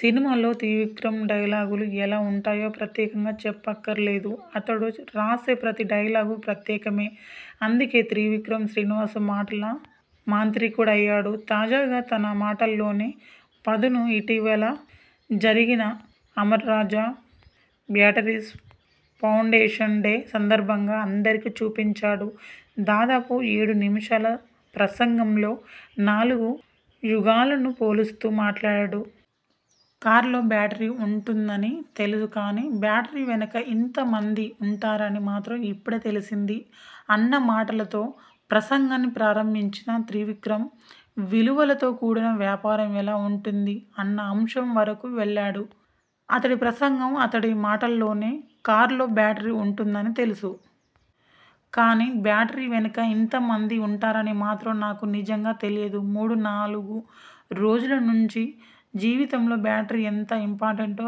సినిమాల్లో త్రివిక్రమ్ డైలాగులు ఎలా ఉంటాయో ప్రత్యేకంగా చెప్పక్కర్లేదు. అతడు రాసే ప్రతి డైలాగూ ప్రత్యేకమే. అందుకే త్రివిక్రమ్ శ్రీనివాస్ మాటల మాంత్రికుడయ్యాడు. తాజాగా తన మాటల్లోని పదును ఇటీవల జరిగిన అమర్రాజా బ్యాటరీస్ ఫౌండేషన్ డే సందర్భంగా అందరికీ చూపించాడు. దాదాపు ఏడు నిముషాల ప్రసంగంలో నాలుగు యుగాలను పోలుస్తూ మాట్లాడాడు. 'కార్లో బ్యాటరీ ఉంటుందని తెలుసు కానీ, బ్యాటరీ వెనక ఇంత మంది ఉంటారని మాత్రం ఇప్పుడే తెలిసింది' అన్న మాటతో ప్రసంగాన్ని ప్రారంభించిన త్రివిక్రమ్.. విలువలతో కూడిన వ్యాపారం ఎలా ఉంటుంది? అన్న అంశం వరకు వెళ్లాడు. అతడి ప్రసంగం అతడి మాటల్లోనే. కార్లో బ్యాటరీ ఉంటుందని తెలుసు. కానీ, బ్యాటరీ వెనక ఇంతమంది ఉంటారని మాత్రం నాకు నిజంగా తెలియదు. మూడు, నాలుగు రోజుల నుంచి జీవితంలో బ్యాటరీ ఎంత ఇంపార్టెంటో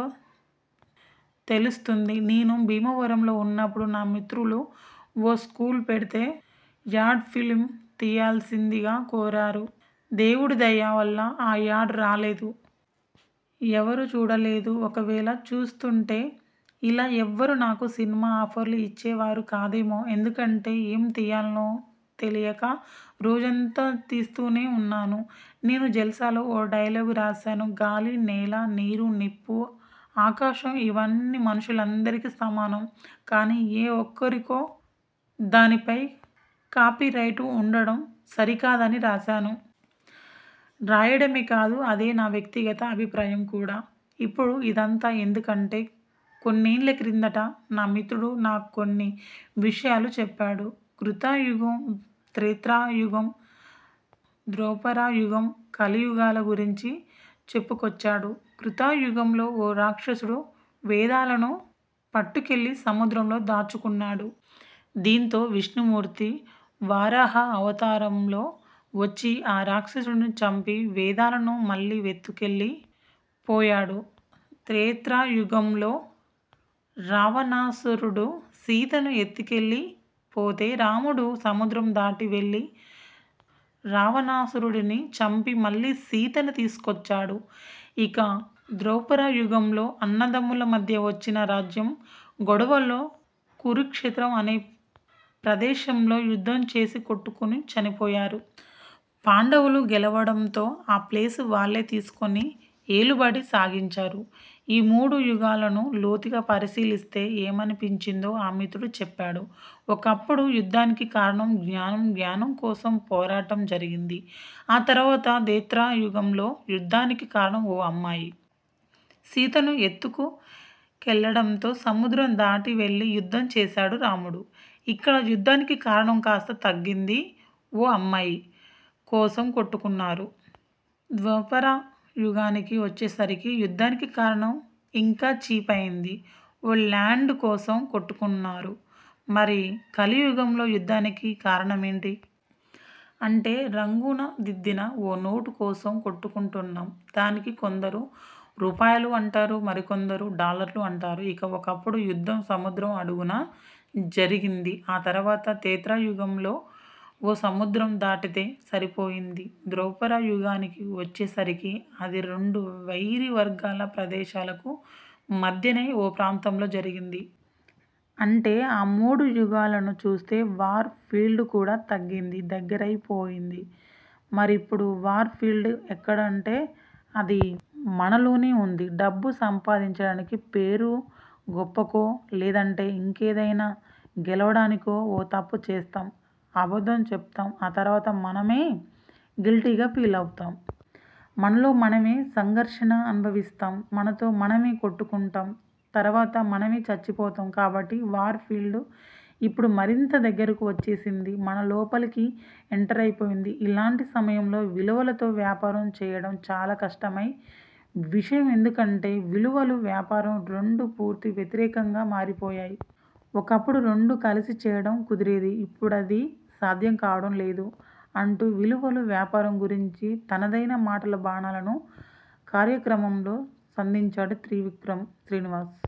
తెలుస్తోంది. నేను భీమవరంలో ఉన్నప్పుడు నా మిత్రులు ఓ స్కూల్ పెడితే, యాడ్ ఫిల్మ్ తీయాల్సిందిగా కోరారు. దేవుడి దయ వల్ల ఆ యాడ్ రాలేదు. ఎవరూ చూడలేదు, ఒకవేళ చూసుంటే ఇలా ఎవరూ నాకు సినిమా ఆఫర్లు ఇచ్చే వారు కాదేమో. ఎందుకంటే, ఏం తీయాలో తెలియక రోజంతా తీస్తూనే ఉన్నాను. నేను జల్సాలో ఓ డైలాగ్ రాశాను. గాలి, నేల, నీరు, నిప్పు, ఆకాశం, ఇవన్నీ మనుషులందరికీ సమానం. కానీ, ఏ ఒక్కరికో దానిపై కాపీరైట్ ఉండడం సరికాదని రాశాను. రాయడమే కాదు, అదే నా వ్యక్తిగత అభిప్రాయం కూడా. ఇప్పుడు ఇదంతా ఎందుకంటే, కొన్నేళ కిందట నా మిత్రుడు నాకు కొన్ని విషయాలు చెప్పాడు. కృత యుగం, త్రేతా యుగం, ద్వాపర యుగం, కలియుగాల గురించి చెప్పుకొచ్చాడు. కృత యుగంలో ఓ రాక్షసుడు వేదాలను పట్టుకెళ్లి సముద్రంలో దాక్కున్నాడు. దీంతో విష్ణుమూర్తి వరాహ అవతారంలో వచ్చి, ఆ రాక్షసుడిని చంపి వేదాలను మళ్లీ తీసుకెళ్లి పోయాడు. త్రేతా యుగంలో రావణాసురుడు సీతను ఎత్తుకెళ్లి పోతే, రాముడు సముద్రం దాటి వెళ్లి రావణాసురుడిని చంపి మళ్లీ సీతను తీసుకొచ్చాడు. ఇక, ద్వాపర యుగంలో అన్నదమ్ముల మధ్య వచ్చిన రాజ్యం గొడవల్లో కురుక్షేత్రం అనే ప్రదేశంలో యుద్ధం చేసి కొట్టుకు చనిపోయారు. పాండవులు గెలవడంతో ఆ ప్లేస్ను వాళ్లే తీసుకుని ఏలుబడి సాగించారు. ఈ మూడు యుగాలను లోతుగా పరిశీలిస్తే ఏమనిపించిందో ఆ మిత్రుడు చెప్పాడు. ఒకప్పుడు యుద్ధానికి కారణం జ్ఞానం. జ్ఞానం కోసం పోరాటం జరిగింది. ఆ తర్వాత త్రేతా యుగంలో యుద్ధానికి కారణం ఓ అమ్మాయి. సీతను ఎత్తు కెళ్లడంతో సముద్రం దాటి వెళ్లి యుద్ధం చేశాడు రాముడు. ఇక్కడ యుద్ధానికి కారణం కాస్త తగ్గింది. ఓ అమ్మాయి కోసం కొట్టుకున్నారు. ద్వాపర యుగానికి వచ్చేసరికి యుద్ధానికి కారణం ఇంకా చీప్ అయింది. ఓ ల్యాండ్ కోసం కొట్టుకున్నారు. మరి కలి యుగంలో యుద్ధానికి కారణమేంటి? అంటే రంగునద్దిన ఓ నోటు కోసం కొట్టుకుంటున్నాం. దానిని కొందరు రూపాయలు అంటారు. మరికొందరు డాలర్లు అంటారు. ఇక, ఒకప్పుడు యుద్ధం సముద్రం అడుగున జరిగింది. ఆ తర్వాత త్రేతా యుగంలో ఓ సముద్రం దాటితే సరిపోయింది. ద్వాపర యుగానికి వచ్చేసరికి, అది రెండు వైరి వర్గాల ప్రదేశాలకు మధ్యనే ఓ ప్రాంతంలో జరిగింది. అంటే, ఆ మూడు యుగాలను చూస్తే వార్ ఫీల్డ్ కూడా తగ్గింది. దగ్గరైపోయంది. మరిప్పుడు వార్ ఫీల్డ్ ఎక్కడంటే, అది మనలోనే ఉంది. డబ్బు సంపాదించడానికో, పేరు గొప్పకో, లేదంటే ఇంకేదైనా గెలవడానికో ఓ తప్పు చేస్తాం. అబద్ధం చెప్తాం. ఆ తర్వాత మనమే గిల్టీగా ఫీలవుతాం. మనలో మనమే సంఘర్షణ అనుభవిస్తాం. మనతో మనమే కొట్టుకుంటాం. తర్వాత మనమే చచ్చిపోతాం. కాబట్టి వార్ ఫీల్డ్ ఇప్పుడు మరింత దగ్గరకు వచ్చేసింది. మన లోపలికి ఎంటరై పోయింది. ఇలాంటి సమయంలో విలువలతో వ్యాపారం చేయడం చాలా కష్టమైన విషయం. ఎందుకంటే విలవలు, వ్యాపారం రెండూ పూర్తి వ్యతిరేకంగా మారిపోయాయి. ఒకప్పుడు రెండూ కలిపి చేయడం కుదిరేది. ఇప్పుడది సాధ్యం కావడం లేదు అంటూ విలువలు, వ్యాపారం గురించి తనదైన మాటల బాణాలను కార్యక్రమంలో సంధించాడు త్రివిక్రమ్ శ్రీనివాస్.